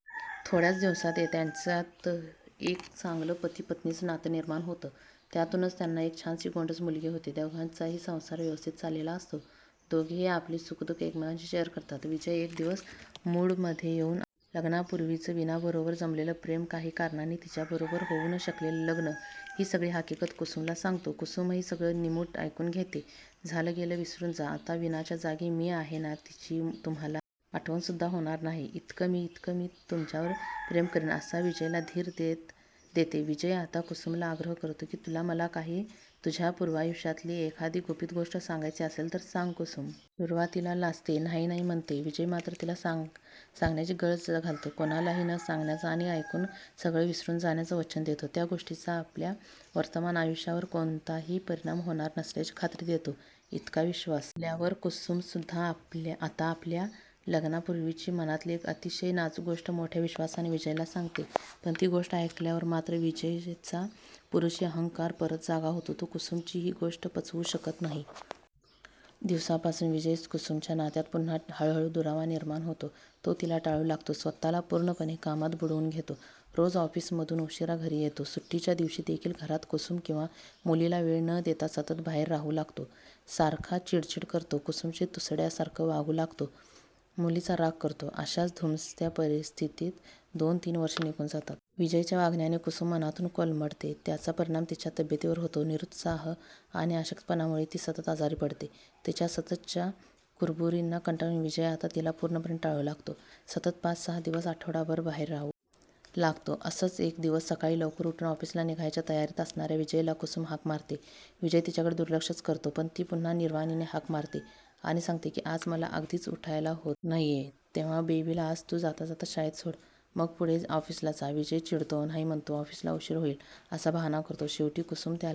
थोड्याच दिवसांत त्यांच्यात एक चांगलं पती-पत्नीच नातं निर्माण होतं, त्यातूनच त्यांना एक छानशी गोंडस मुलगी होते, दोघांचाही संसारही व्यवस्थित चाललेला असतो, दोघेही आपली सुख-दुख एकमेकांशी शेअर करतात, विजय एक दिवस मूडमध्ये येउन आपलं लग्नापूर्वीच वीणाबरोबर जमलेलं प्रेम व काही कारणांनी तिच्याबरोबर होऊ न शकलेलं लग्न ही सगळी हकीकत कुसुमला सांगतो, कुसुमही सगळं निमूट ऐकून घेते, झालं गेलं विसरून जा आता वीणाच्या जागी मी आहेना तिची तुम्हाला आठवण सुद्धा होणार नाही इतक मी इतकं मी तुमच्यावर प्रेम करीन असा विजयला धीर देते, विजय आता कुसुमला आग्रह करतो कि तुला मला काही तुझ्या पूर्वायुष्यातली एखादी गुपित-गोष्ट सांगायची असेल तर सांग, कुसुम सुरवातीला लाजते, नाही-नाही म्हणते, विजय मात्र तिला सांगण्याची गळचं घालतो, कोणालाही न सांगण्याच आणि ऐकून सगळं विसरून जाण्याचं वचन देतो, त्या गोष्टीचा आपल्या वर्तमान आयुष्यावर कोणताही परिणाम होणार नसल्याची खात्री देतो, इतका विश्वास दिल्यावर कुसुमसुद्धा आता आपल्या लग्नापूर्वीची मनातली एक अतिशय नाजूक गोष्ट मोठ्या विश्वासाने विजयाला सांगते पण ती गोष्ट ऐकल्यावर मात्र विजयचा पुरुषी अहंकार परत जागा होतो, तो कुसुमची ही गोष्ट पचवूच शकत नाही, त्या दिवसापासून विजय-कुसुमच्या नात्यात पुन्हा हळूहळू दुरावा निर्माण होतो, तो तिला टाळू लागतो, स्वतःला पूर्णपणे कामात बुडवून घेतो, रोज ऑफिसमधून उशिरा घरी येतो, सुट्टीच्या दिवशीदेखील घरात कुसुम किवा मुलीला वेळ न देता सतत बाहेर राहु लागतो, सारखा चिडचिड करतो, कुसुमशी तुसड्यासारखं वागू लागतो, मुलीचा राग करतो, अशाच धुमसत्या परिस्थितीत दोन तीन वर्ष निघून जातात. विजयच्या वागण्याने कुसुम मनातून कोलमडते, त्याचा परिणाम तिच्या तब्येतीवर होतो, निरुत्साह आणी अशक्तपणामुळे ती सतत आजारी पडते, तिच्या सततच्या कुरबुरीना कंटाळून विजय आता तिला पूर्णपणे टाळू लागतो, सतत पाच-सहा दिवस, आठवडाभर बाहेर राहू लागतो, असंच एक दिवस सकाळी लवकर उठून ऑफिसला निघायच्या तयारीत असणाऱ्या विजयला कुसुम हाक मारते, विजय तिच्याकडे दुर्लक्षचं करतो, पण ती पुन्हा निर्वाणीने हाक मारते आणि सांगते की आज मला अगदीच उठायला होत नाहीय, तेव्हा बेबीला आज तू जाताजाता शाळेत सोड, मग पुढे ऑफिसला जा, विजय चिडतो, नाही म्हणतो, ऑफिसला उशीर होईल असा बहाणा करतो, शेवटी कुसुम त्याला